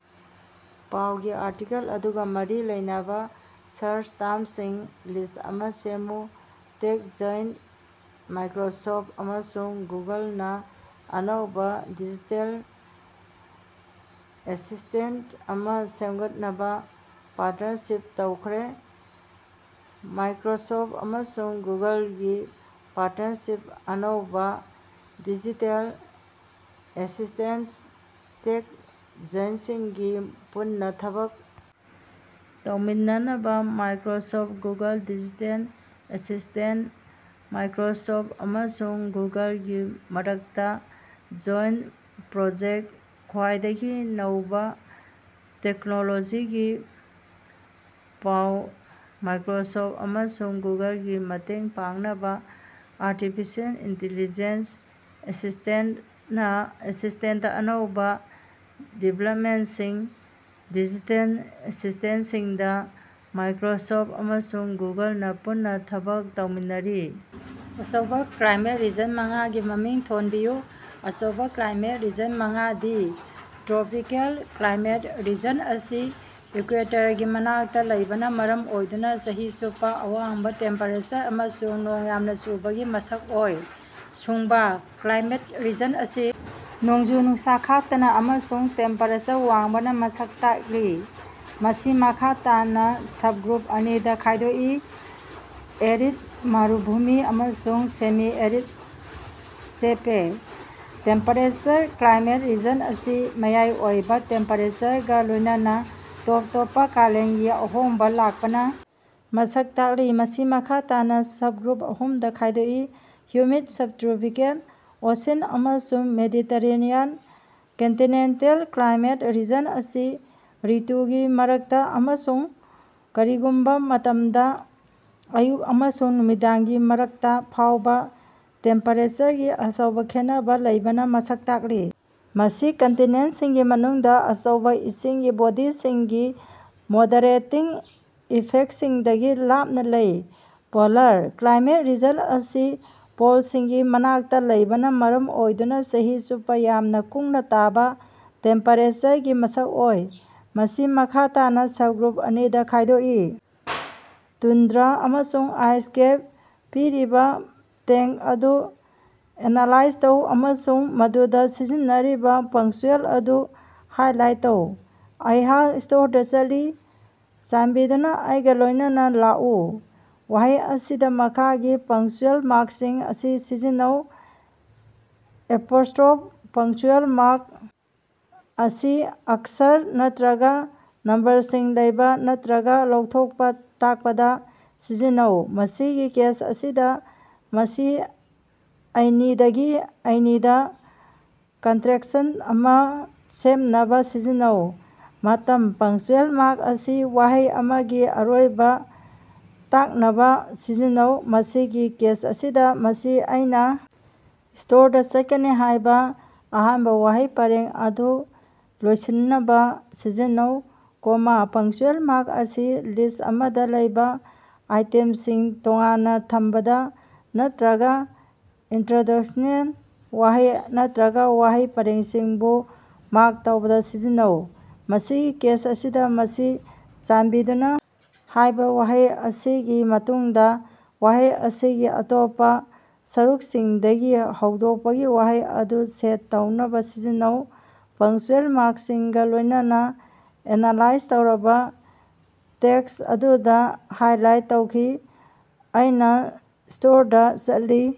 ꯄꯥꯎꯒꯤ ꯑꯥꯔꯇꯤꯀꯜ ꯑꯗꯨꯒꯥ ꯃꯔꯤ ꯂꯩꯅꯕꯥ ꯁꯥꯔꯆ ꯇꯔꯝꯁꯤꯡꯒꯤ ꯂꯤꯁ꯭ꯠ ꯑꯃꯥ ꯁꯦꯝꯃꯨ꯫ ꯇꯦꯛ ꯖꯥꯏꯟꯠ ꯃꯥꯏꯀꯔꯣꯁꯣꯐꯠ ꯑꯃꯁꯨꯡ ꯒꯨꯒꯜꯅꯥ ꯑꯅꯧꯕꯥ ꯗꯤꯖꯤꯇꯦꯜ ꯑꯦꯁꯤꯁ꯭ꯇꯦꯟꯇ ꯑꯃꯥ ꯁꯦꯝꯒꯠꯅꯕꯥ ꯄꯥꯔꯇꯅꯔꯁꯤꯞ ꯇꯧꯈ꯭ꯔꯦ꯫ ꯃꯥꯏꯀꯔꯣꯁꯣꯐ ꯑꯃꯁꯨꯡ ꯒꯨꯒꯜꯒꯤ ꯄꯥꯔꯇꯅꯔꯁꯤꯞ ꯑꯅꯧꯕꯥ ꯗꯤꯖꯤꯇꯦꯜ ꯑꯦꯁꯤꯁ꯭ꯇꯦꯟꯇ ꯇꯦꯛ ꯖꯥꯏꯟꯠꯁꯤꯡꯒꯤ ꯄꯨꯟꯅꯥ ꯊꯕꯛ ꯇꯧꯃꯤꯟꯅꯕꯥ Microsoft Google digital assistant Microsoft ꯑꯃꯁꯨꯡ ꯒꯨꯒꯜꯒꯤ ꯃꯔꯛꯇꯥ ꯖꯣꯏꯟꯇ ꯄ꯭ꯔꯣꯖꯦꯛ ꯈ꯭ꯋꯥꯏꯗꯒꯤ ꯅꯧꯕꯥ ꯇꯦꯛꯅꯣꯂꯣꯖꯤꯒꯤ ꯄꯥꯎ ꯃꯥꯏꯀꯔꯣꯁꯣꯐ ꯑꯃꯁꯨꯡ ꯒꯨꯒꯜꯒꯤ ꯃꯇꯦꯡ ꯄꯥꯡꯅꯕ ꯑꯥꯔꯇꯤꯐꯤꯁꯤꯑꯦꯜ ꯏꯟꯇꯤꯂꯤꯖꯦꯟꯁ ꯑꯦꯁꯤꯁ꯭ꯇꯦꯟꯇ ꯑꯅꯧꯕ ꯗꯤꯕꯦꯂꯞꯃꯦꯟꯠꯁꯤꯡ꯫ ꯗꯤꯖꯤꯇꯦꯜ ꯑꯦꯁꯤꯁ꯭ꯇꯦꯟꯠꯁꯤꯡꯗ ꯃꯥꯏꯀꯔꯣꯁꯣꯐ ꯑꯃꯁꯨꯡ ꯒꯨꯒꯜꯅ ꯄꯨꯟꯅ ꯊꯕꯛ ꯇꯧꯃꯤꯟꯅꯔꯤ꯫ ꯑꯆꯧꯕꯥ ꯀ꯭ꯂꯥꯏꯃꯦꯠ ꯔꯤꯖꯟ ꯃꯉꯥꯒꯤ ꯃꯃꯤꯡ ꯊꯣꯟꯕꯤꯌꯨ꯫ ꯑꯆꯧꯕ ꯀ꯭ꯂꯥꯏꯃꯦꯠ ꯔꯤꯖꯟ ꯃꯉꯥꯗꯤ: ꯇ꯭ꯔꯣꯄꯤꯀꯦꯜ: ꯀ꯭ꯂꯥꯏꯃꯦꯠ ꯔꯤꯖꯟ ꯑꯁꯤ ꯏꯀꯌꯨꯏꯇꯔꯒꯤ ꯃꯅꯥꯛꯇꯥ ꯂꯩꯕꯅꯥ ꯃꯔꯝ ꯑꯣꯏꯗꯨꯅ ꯆꯍꯤ ꯆꯨꯞꯄꯥ ꯑꯋꯥꯡꯕꯥ ꯇꯦꯝꯄꯦꯔꯦꯆꯔ ꯑꯃꯁꯨꯡ ꯅꯣꯡ ꯌꯥꯝꯅ ꯆꯨꯕꯒꯤ ꯃꯁꯛ ꯑꯣꯏ꯫ ꯁꯨꯡꯕꯥ: ꯀ꯭ꯂꯥꯏꯃꯦꯠ ꯔꯤꯖꯟ ꯑꯁꯤ ꯅꯣꯡꯖꯨ ꯅꯨꯡꯁꯥ ꯈꯥꯛꯇꯅꯥ ꯑꯃꯁꯨꯡ ꯇꯦꯝꯄꯦꯔꯦꯆꯔ ꯋꯥꯡꯕꯅꯥ ꯃꯁꯛ ꯇꯥꯛꯂꯤ꯫ ꯃꯁꯤ ꯃꯈꯥ ꯇꯥꯅꯥ ꯁꯕꯒ꯭ꯔꯨꯞ ꯑꯅꯤꯗꯥ ꯈꯥꯏꯗꯣꯛꯏ: ꯑꯦꯔꯤꯗ ꯃꯔꯨꯚꯨꯃꯤ ꯑꯃꯁꯨꯡ semi arid steppe. Temperature climate region ꯑꯁꯤ ꯃꯌꯥꯏ ꯑꯣꯏꯕ ꯇꯦꯝꯄꯦꯔꯦꯆꯔꯒꯥ ꯂꯣꯏꯅꯅꯥ ꯇꯣꯞ ꯇꯣꯞꯄꯥ ꯀꯥꯂꯦꯟꯒꯤ ꯑꯍꯣꯡꯕ ꯂꯥꯛꯄꯅꯥ ꯃꯁꯛ ꯇꯥꯛꯂꯤ꯫ ꯃꯁꯤ ꯃꯈꯥ ꯇꯥꯅꯥ ꯁꯕꯒ꯭ꯔꯨꯞ ꯑꯍꯨꯝꯗꯥ ꯈꯥꯏꯗꯣꯛꯏ: ꯍꯨꯃꯤꯗ ꯁꯕꯇ꯭ꯔꯣꯄꯤꯀꯦꯜ, ꯑꯣꯁꯤꯟ ꯑꯃꯁꯨꯡ ꯃꯦꯗꯤꯇꯦꯔꯦꯅꯤꯌꯟ꯫ ꯀꯟꯇꯤꯅꯦꯟꯇꯜ: ꯀ꯭ꯂꯥꯏꯃꯦꯠ ꯔꯤꯖꯟ ꯑꯁꯤ ꯔ꯭ꯏꯇꯨꯒꯤ ꯃꯔꯛꯇ ꯑꯃꯁꯨꯡ ꯀꯔꯤꯒꯨꯝꯕ ꯃꯇꯝꯗ ꯑꯌꯨꯛ ꯑꯃꯁꯨꯡ ꯅꯨꯃꯤꯗꯥꯡꯒꯤ ꯃꯔꯛꯇꯥ ꯐꯥꯎꯕ ꯇꯦꯝꯄꯦꯔꯦꯆꯔꯒꯤ ꯑꯆꯧꯕ ꯈꯦꯠꯅꯕꯥ ꯂꯩꯕꯅꯥ ꯃꯁꯛ ꯇꯥꯛꯂꯤ꯫ ꯃꯁꯤ ꯀꯟꯇꯤꯅꯦꯟꯠꯁꯤꯡꯒꯤ ꯃꯅꯨꯡꯗ, ꯑꯆꯧꯕꯥ ꯏꯁꯤꯡꯒꯤ ꯕꯣꯗꯤꯁꯤꯡꯒꯤ ꯃꯣꯗꯦꯔꯦꯇꯤꯡ ꯏꯐꯦꯛꯠꯁꯤꯡꯗꯒꯤ ꯂꯥꯞꯅ ꯂꯩ꯫ ꯄꯣꯂꯥꯔ: ꯀ꯭ꯂꯥꯏꯃꯦꯠ ꯔꯤꯖꯟ ꯑꯁꯤ ꯄꯣꯜꯁꯤꯡꯒꯤ ꯃꯅꯥꯛꯇ ꯂꯩꯕꯅ ꯃꯔꯝ ꯑꯣꯏꯗꯨꯅ ꯆꯍꯤ ꯆꯨꯞꯄ ꯌꯥꯝꯅ ꯀꯨꯡꯅ ꯇꯥꯕ ꯇꯦꯝꯄꯦꯔꯦꯆꯔꯒꯤ ꯃꯁꯛ ꯑꯣꯏ꯫ ꯃꯁꯤ ꯃꯈꯥ ꯇꯥꯅꯥ ꯁꯕꯒ꯭ꯔꯨꯞ ꯑꯅꯤꯗꯥ ꯈꯥꯏꯗꯣꯛꯏ: ꯇꯨꯟꯗ꯭ꯔꯥ ꯑꯃꯁꯨꯡ ꯑꯥꯏꯁ ꯀꯦꯞ꯫ ꯄꯤꯔꯤꯕꯥ ꯇꯦꯛꯁ ꯑꯗꯨ ꯑꯦꯅꯥꯂꯥꯏꯖ ꯇꯧ ꯑꯃꯁꯨꯡ ꯃꯗꯨꯗꯥ ꯁꯤꯖꯤꯟꯅꯔꯤꯕꯥ ꯄꯪꯆ꯭ꯌꯨꯑꯦꯜ ꯑꯗꯨ ꯍꯥꯏꯂꯥꯏꯠ ꯇꯧ꯫ ꯑꯩꯍꯥꯛ ꯁ꯭ꯇꯣꯔꯗꯥ ꯆꯠꯂꯤ꯫ ꯆꯥꯟꯕꯤꯗꯨꯅꯥ ꯑꯩꯒ ꯂꯣꯏꯅꯅ ꯂꯥꯛꯎ꯫ ꯋꯥꯍꯩ ꯑꯁꯤꯗ ꯃꯈꯥꯒꯤ ꯄꯪꯆ꯭ꯌꯨꯑꯦꯜ ꯃꯥꯔꯛꯁꯤꯡ ꯑꯁꯤ ꯁꯤꯖꯤꯟꯅꯩ: ꯑꯦꯄꯣꯁ꯭ꯇꯔꯣꯐ ꯄꯪꯆ꯭ꯌꯨꯑꯦꯜ ꯃꯥꯔꯛ ꯑꯁꯤ ꯑꯛꯁꯔ ꯅꯠꯇꯔꯒ ꯅꯝꯕꯔꯁꯤꯡ ꯂꯩꯕ ꯅꯠꯇꯔꯒ ꯂꯧꯊꯣꯛꯄ ꯇꯥꯛꯄꯗ ꯁꯤꯖꯤꯟꯅꯩ꯫ ꯃꯁꯤꯒꯤ ꯀꯦꯁ ꯑꯁꯤꯗ, ꯃꯁꯤ ꯑꯩꯅꯤꯗꯒꯤ ꯑꯩꯅꯤꯗꯥ ꯀꯟꯇꯔꯦꯛꯁꯟ ꯑꯃꯥ ꯁꯦꯝꯅꯕ ꯁꯤꯖꯤꯟꯅꯩ꯫ ꯃꯇꯝ: ꯄꯪꯆ꯭ꯌꯨꯑꯦꯜ ꯃꯥꯔꯛ ꯑꯁꯤ ꯋꯥꯍꯩ ꯑꯃꯒꯤ ꯑꯔꯣꯏꯕ ꯇꯥꯛꯅꯕꯥ ꯁꯤꯖꯤꯟꯅꯩ꯫ ꯃꯁꯤꯒꯤ ꯀꯦꯁ ꯑꯁꯤꯗꯥ, ꯃꯁꯤ ꯑꯩꯅꯥ ꯁ꯭ꯇꯣꯔꯗꯥ ꯆꯠꯀꯅꯤ ꯍꯥꯏꯕ ꯑꯍꯥꯟꯕ ꯋꯥꯍꯩ ꯄꯔꯦꯡ ꯑꯗꯨ ꯂꯣꯏꯁꯤꯟꯅꯕ ꯁꯤꯖꯤꯟꯅꯩ꯫ ꯀꯣꯃꯥ: ꯄꯪꯆ꯭ꯌꯨꯑꯦꯜ ꯃꯥꯔꯛ ꯑꯁꯤ ꯂꯤꯁ꯭ꯠ ꯑꯃꯗꯥ ꯂꯩꯕꯥ ꯑꯥꯏꯇꯦꯝꯁꯤꯡ ꯇꯣꯉꯥꯟꯅ ꯊꯝꯕꯗ ꯅꯠꯇꯔꯒꯥ ꯏꯅꯇꯔꯣꯗ꯭ꯌꯨꯁꯅꯦꯜ ꯋꯥꯍꯩ ꯅꯠꯇꯔꯒ ꯋꯥꯍꯩ ꯄꯔꯦꯡꯁꯤꯡꯕꯨ ꯃꯥꯔꯛ ꯇꯧꯕꯗ ꯁꯤꯖꯤꯟꯅꯩ꯫ ꯃꯁꯤꯒꯤ ꯀꯦꯁ ꯑꯁꯤꯗꯥ, ꯃꯁꯤ ꯆꯥꯟꯕꯤꯗꯨꯅꯥ ꯍꯥꯏꯕ ꯋꯥꯍꯩ ꯑꯁꯤꯒꯤ ꯃꯇꯨꯡꯗ ꯋꯥꯍꯩ ꯑꯁꯤꯒꯤ ꯑꯇꯣꯞꯄ ꯁꯔꯨꯛꯁꯤꯡꯗꯒꯤ ꯍꯧꯗꯣꯛꯄꯒꯤ ꯋꯥꯍꯩ ꯑꯗꯨ ꯁꯦꯠ ꯇꯧꯅꯕꯥ ꯁꯤꯖꯤꯟꯅꯩ꯫ ꯄꯪꯆ꯭ꯌꯨꯑꯦꯜ ꯃꯥꯔꯛꯁꯤꯡꯒ ꯂꯣꯏꯅꯅ ꯑꯦꯅꯥꯂꯥꯏꯖ ꯇꯧꯔꯕ ꯇꯦꯛꯁ ꯑꯗꯨꯗꯥ ꯍꯥꯏꯂꯥꯏꯠ ꯇꯧꯈꯤ: ꯑꯩꯅꯥ ꯁ꯭ꯇꯣꯔꯗꯥ ꯆꯠꯂꯤ꯫